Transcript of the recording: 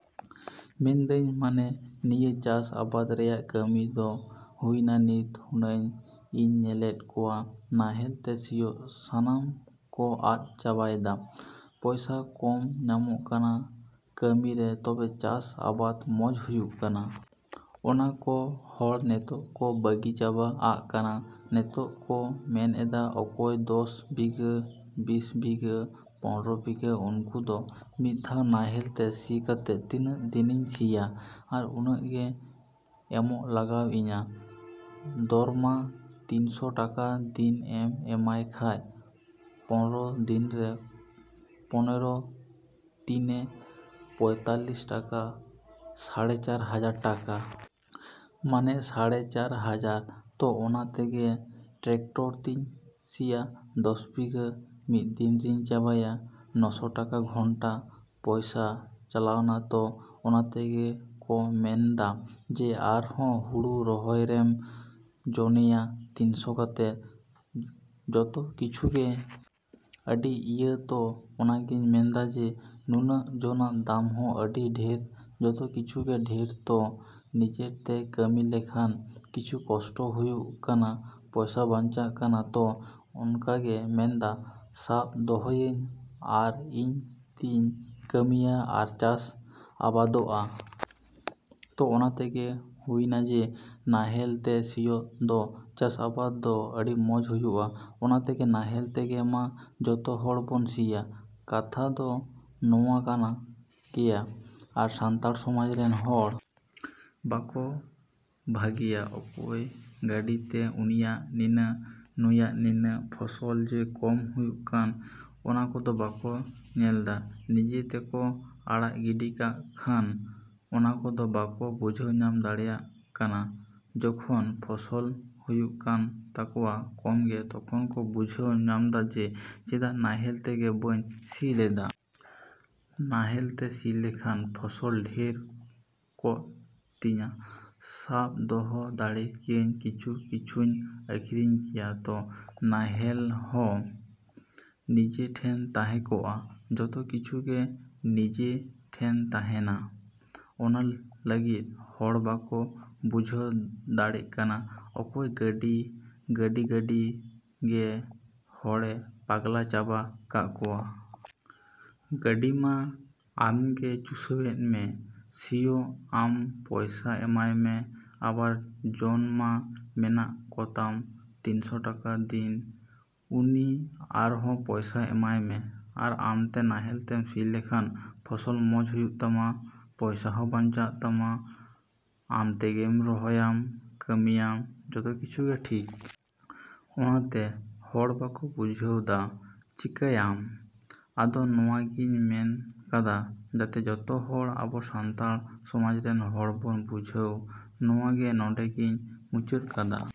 ᱢᱮᱱᱫᱟᱹᱧ ᱢᱟᱱᱮ ᱱᱤᱭᱟᱹ ᱪᱟᱥ ᱟᱵᱟᱫᱽ ᱨᱮᱭᱟᱜ ᱠᱟᱹᱢᱤ ᱫᱚ ᱦᱩᱭᱱᱟ ᱱᱤᱛ ᱦᱩᱱᱟ.ᱧ ᱤᱧ ᱧᱮᱞᱮᱫ ᱠᱚᱣᱟ ᱱᱟᱦᱮᱞ ᱛᱮ ᱥᱤᱭᱳᱜ ᱥᱟᱱᱟᱢ ᱠᱚ ᱟᱫ ᱪᱟᱵᱟᱭᱫᱟ᱾ ᱯᱚᱭᱥᱟ ᱠᱚᱢ ᱧᱟᱢᱚᱜ ᱠᱟᱱᱟ ᱠᱟᱹᱢᱤ ᱨᱮ ᱛᱚᱵᱮ ᱪᱟᱥ ᱟᱵᱟᱫᱽ ᱢᱚᱡᱽ ᱦᱩᱭᱩᱜ ᱠᱟᱱᱟ ᱾ ᱚᱱᱟ ᱠᱚ ᱦᱚᱲ ᱱᱤᱛᱚᱜ ᱠᱚ ᱵᱟᱹᱜᱤ ᱪᱟᱵᱟ ᱟᱜ ᱠᱟᱱᱟ᱾ ᱱᱤᱛᱚᱜ ᱠᱚ ᱢᱮᱱ ᱮᱫᱟ ᱚᱠᱚᱭ ᱫᱚᱥ ᱵᱤᱜᱷᱟᱹ ᱵᱤᱥ ᱵᱤᱜᱷᱟᱹ ᱯᱚᱱᱨᱚ ᱵᱤᱜᱷᱟᱹ ᱩᱱᱠᱩ ᱫᱚ ᱢᱤᱫ ᱫᱷᱟᱣ ᱱᱟᱦᱮᱞ ᱛᱮ ᱥᱤ ᱠᱟᱛᱮᱫ ᱛᱤᱱᱟᱹᱜ ᱫᱤᱱᱤᱧ ᱥᱤᱭᱟ? ᱟᱨ ᱩᱱᱟᱹᱜ ᱜᱮ ᱮᱢᱚᱜ ᱞᱟᱜᱟᱣ ᱤᱧᱟᱹ ᱫᱚᱨᱢᱟ ᱛᱤᱱᱥᱚ ᱴᱟᱠᱟ ᱫᱤᱱ ᱮᱢ ᱮᱢᱟᱭ ᱠᱷᱟᱡ ᱯᱚᱱᱨᱚ ᱫᱤᱱᱨᱮ ᱯᱚᱱᱨᱚ ᱛᱤᱱᱮ ᱯᱚᱸᱭᱛᱟᱞᱞᱤᱥ ᱴᱟᱠᱟ ᱥᱟᱲᱮ ᱪᱟᱨ ᱦᱟᱡᱟᱨ ᱴᱟᱠᱟ। ᱢᱟᱱᱮ ᱥᱟᱲᱮ ᱪᱟᱹᱨ ᱦᱟᱡᱟᱨ ᱛᱚ ᱚᱱᱟ ᱛᱮᱜᱮ ᱴᱨᱮᱠᱴᱚᱨ ᱛᱤᱧ ᱥᱤᱭᱟ ᱫᱚᱥ ᱵᱤᱜᱷᱟᱹ ᱢᱤᱫ ᱫᱤᱱ ᱨᱤᱧ ᱪᱟᱵᱟᱭᱟ। ᱱᱚᱥᱚ ᱴᱟᱠᱟ ᱜᱷᱚᱱᱴᱟ ᱯᱚᱭᱥᱟ ᱪᱟᱞᱟᱣᱱᱟ ᱛᱚ ᱚᱱᱟ ᱛᱮᱜᱮ ᱠᱚ ᱢᱮᱱᱫᱟ ᱡᱮ ᱟᱨ ᱦᱚ ᱦᱩᱲᱩ ᱨᱚᱦᱚᱭ ᱨᱮᱢ ᱡᱚᱱᱮᱭᱟ ᱛᱤᱱᱥᱚ ᱠᱟᱛᱮᱫ ᱡᱚᱛᱚ ᱠᱤᱪᱷᱩ ᱜᱮ। ᱟᱹᱰᱤ ᱤᱭᱟᱹ ᱛᱚ ᱚᱱᱟᱜᱤᱧ ᱢᱮᱱᱫᱟ ᱡᱮ ᱱᱩᱱᱟ.ᱜ ᱡᱚᱱᱟᱜ ᱫᱟᱢ ᱦᱚᱸ ᱟᱹᱰᱤ ᱰᱷᱮᱨ ᱡᱚᱛᱚ ᱠᱤᱪᱷᱩ ᱜᱮ ᱰᱷᱮᱨ ᱛᱚ ᱱᱤᱡᱮᱨ ᱛᱮ ᱠᱟᱹᱢᱤ ᱞᱮᱠᱷᱟᱱ ᱠᱤᱪᱷᱩ ᱠᱚᱥᱴᱚ ᱦᱩᱭᱩᱜ ᱠᱟᱱᱟ ᱯᱚᱭᱥᱟ ᱵᱟᱧᱪᱟᱜ ᱠᱟᱱᱟ ᱛᱚ ᱚᱱᱟᱜᱮ ᱢᱮᱱᱫᱟ ᱥᱟᱵ ᱫᱚᱦᱚᱭᱟᱹᱧ ᱟᱨ ᱤᱧ ᱛᱤᱧ ᱠᱟᱹᱢᱤᱭᱟ ᱟᱨ ᱪᱟᱥ ᱟᱵᱟᱫᱚᱜᱼᱟ। ᱛᱚ ᱚᱱᱟ ᱛᱮᱜᱮ ᱦᱩᱭᱱᱟ ᱡᱮ ᱱᱟᱦᱮᱞ ᱛᱮ ᱥᱤᱭᱳᱜ ᱫᱚ ᱪᱟᱥᱼᱟᱵᱟᱫᱽ ᱫᱚ ᱟᱹᱰᱤ ᱢᱚᱡᱽ ᱦᱩᱭᱩᱜᱼᱟ ᱚᱱᱟ ᱛᱮᱜᱮ ᱱᱟᱦᱮᱞ ᱛᱮᱜᱮ ᱢᱟ ᱡᱚᱛᱚ ᱦᱚᱲ ᱵᱚᱱ ᱥᱤᱭᱟ। ᱠᱟᱛᱷᱟ ᱫᱚ ᱱᱚᱣᱟ ᱠᱟᱱ ᱜᱮᱭᱟ ᱟᱨ ᱥᱟᱱᱛᱟᱲ ᱥᱚᱢᱟᱡᱽ ᱨᱮᱱ ᱦᱚᱲ ᱵᱟᱠᱚ ᱵᱷᱟᱹᱜᱤᱭᱟ ᱚᱠᱚᱭ ᱜᱟᱹᱰᱤ ᱛᱮ ᱩᱱᱤᱭᱟᱜ ᱱᱤᱱᱟᱹᱜ ᱱᱩᱭᱟᱜ ᱱᱤᱱᱟᱹᱜ ᱯᱷᱚᱥᱚᱞ ᱡᱮ ᱠᱚᱢ ᱦᱩᱭᱩᱜ ᱠᱟᱱ ᱚᱱᱟ ᱠᱚᱫᱚ ᱵᱟᱠᱚ ᱧᱮᱞᱫᱟ ᱱᱤᱡᱮ ᱛᱮᱠᱚ ᱟᱲᱟᱜ ᱜᱤᱰᱤ ᱠᱟᱜ ᱠᱷᱟᱱ ᱚᱱᱟ ᱠᱚᱫᱚ ᱵᱟᱠᱚ ᱵᱩᱡᱷᱟᱹᱣ ᱧᱟᱢ ᱫᱟᱲᱮᱭᱟᱜ ᱠᱟᱱᱟ ᱡᱚᱠᱷᱚᱱ ᱯᱷᱚᱥᱚᱞ ᱦᱩᱭᱩᱜ ᱠᱟᱱ ᱛᱟᱠᱚᱣᱟ ᱠᱚᱢᱜᱮ ᱛᱚᱠᱷᱚᱱ ᱠᱚ ᱵᱩᱡᱷᱟᱹᱣ ᱧᱟᱢᱫᱟ ᱡᱮ ᱪᱮᱫᱟᱜ ᱱᱟᱦᱮᱞ ᱛᱮᱜᱮ ᱵᱟᱹᱧ ᱥᱤ ᱞᱮᱫᱟ। ᱱᱟᱦᱮᱞ ᱛᱮ ᱥᱤ ᱞᱮᱠᱷᱟᱱ ᱯᱷᱚᱥᱚᱞ ᱰᱷᱮᱨ ᱠᱚᱜ ᱛᱤᱧᱟᱹ ᱥᱟᱵ ᱫᱚᱦᱚ ᱫᱟᱲᱮ ᱠᱮᱭᱟᱧ ᱠᱤᱪᱷᱩ ᱠᱤᱪᱷᱩᱧ ᱟᱹᱠᱷᱨᱤᱧ ᱠᱮᱭᱟ ᱛᱚ ᱱᱟᱦᱮᱞ ᱦᱚᱸ ᱱᱤᱡᱮ ᱴᱷᱮᱱ ᱛᱟᱦᱮᱸ ᱠᱚᱜᱼᱟ ᱡᱚᱛᱚ ᱠᱤᱪᱷᱩ ᱜᱮ ᱱᱤᱡᱮ ᱴᱷᱮᱱ ᱛᱟᱦᱮᱱᱟ। ᱚᱱᱟ ᱞᱟᱹᱜᱤᱫ ᱦᱚᱲ ᱵᱟᱠᱚ ᱵᱩᱡᱷᱟᱹᱣ ᱫᱟᱲᱮᱜ ᱠᱟᱱᱟ ᱚᱠᱚᱭ ᱜᱟᱹᱰᱤ ᱜᱟᱹᱰᱤ ᱜᱟᱹᱰᱤ ᱜᱟᱹᱰᱤ ᱜᱮ ᱦᱚᱲᱮ ᱯᱟᱜᱽᱞᱟ ᱪᱟᱵᱟ ᱠᱟᱜ ᱠᱚᱣᱟ। ᱜᱟᱹᱰᱤ ᱢᱟ ᱟᱢᱜᱮ ᱪᱩᱥᱟᱹᱣᱮᱫ ᱢᱮ ᱥᱤᱭᱳᱜ ᱟᱢ ᱯᱚᱭᱥᱟ ᱮᱢᱟᱭ ᱢᱮ ᱟᱵᱟᱨ ᱡᱚᱱ ᱢᱟ ᱢᱮᱱᱟᱜ ᱠᱚᱛᱟᱢ ᱛᱤᱱᱥᱚ ᱴᱟᱠᱟ ᱫᱤᱱ ᱩᱱᱤ ᱟᱨ ᱦᱚ ᱯᱚᱭᱥᱟ ᱮᱢᱟᱭ ᱢᱮ ᱟᱨ ᱟᱢᱛᱮ ᱱᱟᱦᱮᱞ ᱛᱮᱢ ᱥᱤ ᱞᱮᱠᱷᱟᱱ ᱯᱷᱚᱥᱚᱞ ᱢᱚᱡᱽ ᱦᱩᱭᱩᱜ ᱛᱟᱢᱟ ᱯᱚᱭᱥᱟ ᱦᱚᱸ ᱵᱟᱧᱪᱟᱜ ᱛᱟᱢᱟ ᱟᱢ ᱛᱮᱜᱮᱢ ᱨᱚᱦᱚᱭᱟᱢ ᱠᱟᱹᱢᱤᱭᱟᱢ ᱡᱚᱛᱚ ᱠᱤᱪᱷᱩ ᱜᱮ ᱴᱷᱤᱠ᱾ ᱚᱱᱟ ᱛᱮ ᱦᱚᱲ ᱵᱟᱠᱚ ᱵᱩᱡᱷᱟᱹᱣᱫᱟ ᱪᱮᱠᱟᱭᱭᱟᱢ? ᱟᱫᱚ ᱱᱚᱣᱟ ᱜᱤᱧ ᱢᱮᱱ ᱠᱟᱫᱟ ᱡᱟᱛᱮ ᱡᱚᱛᱚ ᱦᱚᱲ ᱟᱵᱚ ᱥᱟᱱᱛᱟᱲ ᱥᱚᱢᱟᱡᱽ ᱨᱮᱱ ᱦᱚᱲ ᱵᱚᱱ ᱵᱩᱡᱷᱟᱹᱣ ᱱᱚᱣᱟ ᱜᱮ ᱱᱚᱰᱮ ᱜᱤᱧ ᱢᱩᱪᱟᱹᱫ ᱠᱟᱫᱟ।